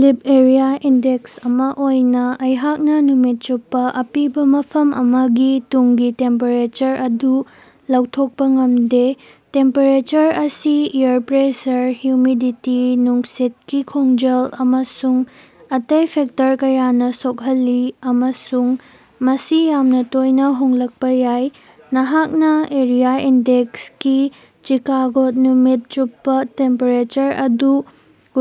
ꯂꯤꯞ area index ꯑꯃ ꯑꯣꯏꯅ ꯑꯩꯍꯥꯛꯅ ꯅꯨꯃꯤꯠ ꯆꯨꯞꯄ ꯑꯄꯤꯕ ꯃꯐꯝ ꯑꯃꯒꯤ ꯇꯨꯡꯒꯤ ꯇꯦꯝꯄꯦꯔꯦꯆꯔ ꯑꯗꯨ ꯂꯥꯎꯊꯣꯛꯄ ꯉꯝꯗꯦ꯫ ꯇꯦꯝꯄꯦꯔꯦꯆꯔ ꯑꯁꯤ ꯑꯦꯌꯔ ꯄ꯭ꯔꯦꯁꯔ, ꯍꯨꯃꯤꯗꯤꯇꯤ, ꯅꯨꯡꯁꯤꯠꯀꯤ ꯈꯣꯡꯖꯦꯜ ꯑꯃꯁꯨꯡ ꯑꯇꯩ ꯐꯦꯛꯇꯔ ꯀꯌꯥꯅ ꯁꯣꯛꯍꯜꯂꯤ ꯑꯃꯁꯨꯡ ꯃꯁꯤ ꯌꯥꯝꯅꯥ ꯇꯣꯏꯅꯥ ꯍꯣꯡꯂꯛꯄ ꯌꯥꯏ꯫ ꯅꯍꯥꯛꯅ ꯑꯦꯔꯤꯌꯥ ꯏꯟꯗꯦꯛꯁ ꯒꯤ ꯆꯤꯀꯥꯒꯣꯗ ꯅꯨꯃꯤꯠ ꯆꯨꯞꯄ ꯇꯦꯝꯄꯦꯔꯦꯆꯔ ꯑꯗꯨ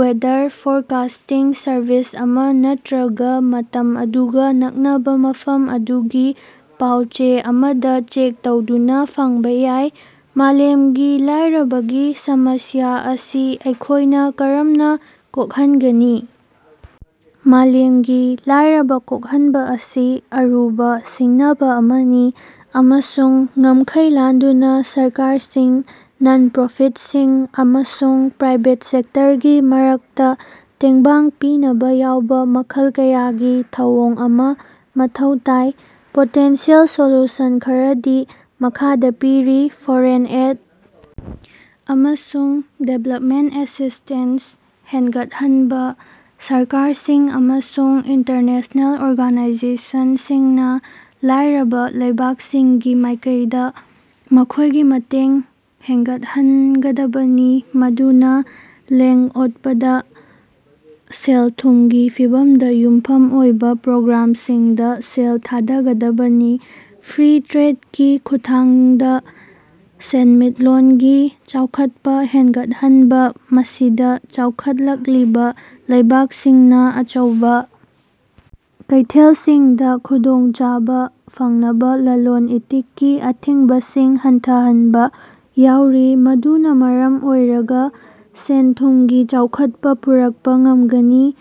ꯋꯦꯗꯔ ꯐꯣꯔꯀꯥꯁ꯭ꯇꯤꯡ ꯁꯔꯚꯤꯁ ꯑꯃ ꯅꯠꯇꯔꯒ ꯃꯇꯝ ꯑꯗꯨꯒ ꯅꯛꯅꯕ ꯃꯐꯝ ꯑꯗꯨꯒꯤ ꯄꯥꯎ-ꯆꯦ ꯑꯃꯗ ꯆꯦꯛ ꯇꯧꯗꯨꯅ ꯐꯪꯕ ꯌꯥꯏ꯫ ꯃꯥꯂꯦꯝꯒꯤ ꯂꯥꯏꯔꯕꯒꯤ ꯁꯃꯁ꯭ꯌꯥ ꯑꯁꯤ ꯑꯩꯈꯣꯏꯅ ꯀꯔꯝꯅ ꯀꯣꯛꯍꯟꯒꯅꯤ? ꯃꯥꯂꯦꯝꯒꯤ ꯂꯥꯏꯔꯕ ꯀꯣꯛꯍꯟꯕ ꯑꯁꯤ ꯑꯔꯨꯕ ꯁꯤꯡꯅꯕ ꯑꯃꯅꯤ ꯫ ꯑꯃꯁꯨꯡ ꯉꯝꯈꯩ ꯂꯥꯟꯗꯨꯅ ꯁꯔꯀꯥꯔꯁꯤꯡ, ꯅꯟ-ꯄ꯭ꯔꯣꯐꯤꯠꯁꯤꯡ ꯑꯃꯁꯨꯡ ꯄ꯭ꯔꯥꯏꯕꯦꯠ ꯁꯦꯛꯇꯔꯒꯤ ꯃꯔꯛꯇ ꯇꯦꯡꯕꯥꯡ ꯄꯤꯅꯕ ꯌꯥꯎꯕ ꯃꯈꯜ ꯀꯌꯥꯒꯤ ꯊꯧꯑꯣꯡ ꯑꯃ ꯃꯊꯧ ꯇꯥꯏ꯫ ꯄꯣꯇꯦꯟꯁꯤꯌꯦꯜ ꯁꯣꯂꯨꯁꯟ ꯈꯔꯗꯤ ꯃꯈꯥꯗ ꯄꯤꯔꯤ: ꯐꯣꯔꯦꯟ ꯑꯦꯠ ꯑꯃꯁꯨꯡ ꯗꯤꯚꯂ꯭ꯄꯃꯦꯟꯇ ꯑꯦꯁꯤꯁ꯭ꯇꯦꯟꯁ ꯍꯦꯟꯒꯠꯍꯟꯕ- ꯁꯔꯀꯥꯔꯁꯤꯡ ꯑꯃꯁꯨꯡ ꯏꯟꯇꯔꯅꯦꯁꯅꯦꯜ ꯑꯣꯔꯒꯥꯅꯥꯏꯖꯦꯁꯟꯁꯤꯡꯅ ꯂꯥꯏꯔꯕ ꯂꯩꯕꯥꯛꯁꯤꯡꯒꯤ ꯃꯥꯏꯀꯩꯗ ꯃꯈꯣꯏꯒꯤ ꯃꯇꯦꯡ ꯍꯦꯟꯒꯠꯍꯟꯒꯗꯕꯅꯤ ꯃꯗꯨꯅ ꯂꯦꯡ-ꯑꯣꯠꯄꯗ ꯁꯦꯜ-ꯊꯨꯝꯒꯤ ꯐꯤꯚꯝꯗ ꯌꯨꯝꯐꯝ ꯑꯣꯏꯕ ꯄ꯭ꯔꯣꯒ꯭ꯔꯥꯝꯁꯤꯡꯗ ꯁꯦꯜ ꯊꯥꯗꯒꯗꯕꯅꯤ꯫ ꯐ꯭ꯔꯤ ꯇ꯭ꯔꯦꯗꯀꯤ ꯈꯨꯠꯊꯥꯡꯗ ꯁꯦꯟꯃꯤꯠꯂꯣꯟꯒꯤ ꯆꯥꯎꯈꯠꯄ ꯍꯦꯟꯒꯠꯍꯟꯕ- ꯃꯁꯤꯗ ꯆꯥꯎꯈꯠꯂꯛꯂꯤꯕ ꯂꯩꯕꯥꯛꯁꯤꯡꯅ ꯑꯆꯧꯕ ꯀꯩꯊꯦꯜꯁꯤꯡꯗ ꯈꯨꯗꯣꯡꯆꯥꯕ ꯐꯪꯅꯕ ꯂꯂꯣꯟ-ꯏꯇꯤꯛꯀꯤ ꯑꯊꯤꯡꯕꯁꯤꯡ ꯍꯟꯊꯍꯟꯕ ꯌꯥꯎꯔꯤ ꯫ ꯃꯗꯨꯅ ꯃꯔꯝ ꯑꯣꯏꯔꯒ ꯁꯦꯟ-ꯊꯨꯝꯒꯤ ꯆꯥꯎꯈꯠꯄ ꯄꯨꯔꯛꯄ ꯉꯝꯒꯅꯤ꯫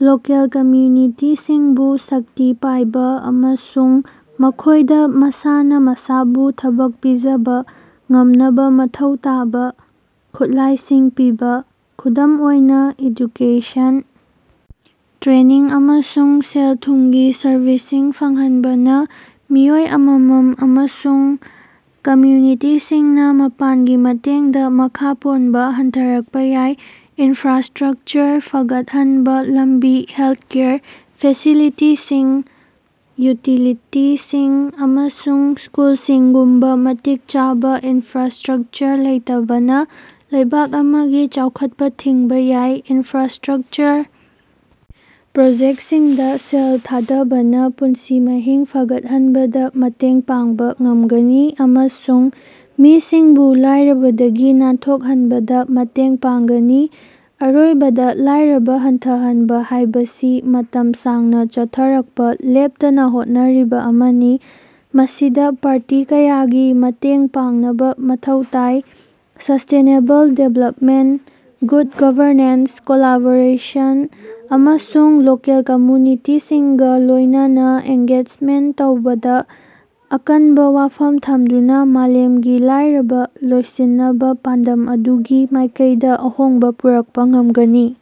ꯂꯣꯀꯦꯜ ꯀꯝꯌꯨꯅꯤꯇꯤꯁꯤꯡꯕꯨ ꯁꯛꯇꯤ ꯄꯤꯕ ꯑꯃꯁꯨꯡ ꯃꯈꯣꯏꯗ ꯃꯁꯥꯅ ꯃꯁꯥꯕꯨ ꯊꯕꯛ ꯄꯤꯖꯕ ꯉꯝꯅꯕ ꯃꯊꯧ ꯇꯥꯕ ꯈꯨꯠꯂꯥꯏꯁꯤꯡ ꯄꯤꯕ- ꯈꯨꯗꯝ ꯑꯣꯏꯅꯥ ꯑꯦꯖꯨꯀꯦꯁꯟ ꯇ꯭ꯔꯦꯅꯤꯡ, ꯑꯃꯁꯨꯡ ꯁꯦꯜ-ꯊꯨꯝꯒꯤ ꯁꯔꯚꯤꯁꯁꯤꯡ ꯐꯪꯍꯟꯕꯅ ꯃꯤꯑꯣꯏ ꯑꯃꯃꯝ ꯑꯃꯁꯨꯡ ꯀꯝꯌꯨꯅꯤꯇꯤꯁꯤꯡꯅ ꯃꯄꯥꯟꯒꯤ ꯃꯇꯦꯡꯗ ꯃꯈꯥ ꯄꯣꯟꯕ ꯍꯟꯊꯔꯛꯄ ꯌꯥꯏ꯫ ꯏꯅꯐ꯭ꯔꯥꯁ꯭ꯇꯔꯛꯆꯔ ꯐꯒꯠꯍꯟꯕ- ꯂꯝꯕꯤ, ꯍꯦꯜꯊꯀꯦꯌꯔ ꯐꯦꯁꯤꯂꯤꯇꯤꯁꯤꯡ, ꯌꯨꯇꯤꯂꯤꯇꯤꯁꯤꯡ, ꯑꯃꯁꯨꯡ ꯁ꯭ꯀꯨꯜꯁꯤꯡꯒꯨꯝꯕ ꯃꯇꯤꯛ ꯆꯥꯕꯥ ꯏꯅꯐ꯭ꯔꯥꯁ꯭ꯇꯔꯛꯆꯔ ꯂꯩꯇꯕꯅ ꯂꯩꯕꯥꯛ ꯑꯃꯒꯤ ꯆꯥꯎꯈꯠꯄ ꯊꯤꯡꯕ ꯌꯥꯏ꯫ ꯏꯅꯐ꯭ꯔꯥꯁ꯭ꯇꯔꯛꯆꯔ ꯄ꯭ꯔꯣꯖꯦꯛꯇꯁꯤꯡꯗ ꯁꯦꯜ ꯊꯥꯗꯕꯅ ꯄꯨꯟꯁꯤ ꯃꯍꯤꯡ ꯐꯒꯠꯍꯟꯕꯗ ꯃꯇꯦꯡ ꯄꯥꯡꯕ ꯉꯝꯒꯅꯤ꯫ ꯑꯃꯁꯨꯡ ꯃꯤꯁꯤꯡꯕꯨ ꯂꯥꯏꯔꯕꯗꯒꯤ ꯅꯥꯟꯊꯣꯛꯍꯟꯕꯗ ꯃꯇꯦꯡ ꯄꯥꯡꯒꯅꯤ꯫ ꯑꯔꯣꯏꯕꯗ ꯂꯥꯏꯔꯕ ꯍꯟꯊꯍꯟꯕ ꯍꯥꯏꯕꯁꯤ ꯃꯇꯝ ꯁꯥꯡꯅꯥ ꯆꯠꯊꯔꯛꯄ ꯂꯦꯞꯇꯅ ꯍꯣꯠꯅꯔꯤꯕ ꯑꯃꯅꯤ꯫ ꯃꯁꯤꯗ ꯄꯥꯔꯇꯤ ꯀꯌꯥꯒꯤ ꯃꯇꯦꯡ ꯄꯥꯡꯅꯕ ꯃꯊꯧ ꯇꯥꯏ꯫ Sustainable development, good governance, collaboration, ꯑꯃꯁꯨꯡ ꯂꯣꯀꯦꯜ ꯀꯝꯌꯨꯅꯤꯇꯤꯁꯤꯡꯒ ꯂꯣꯏꯅꯅ ꯑꯦꯡꯒꯦꯖꯃꯦꯟꯇ ꯇꯧꯕꯗ ꯑꯀꯟꯕ ꯋꯥꯐꯝ ꯊꯝꯗꯨꯅ ꯃꯥꯂꯦꯝꯒꯤ ꯂꯥꯏꯔꯕ ꯂꯣꯏꯁꯤꯟꯅꯕ ꯄꯥꯟꯗꯝ ꯑꯗꯨꯒꯤ ꯃꯥꯏꯀꯩꯗ ꯑꯍꯣꯡꯕ ꯄꯨꯔꯛꯄ ꯉꯝꯒꯅꯤ꯫।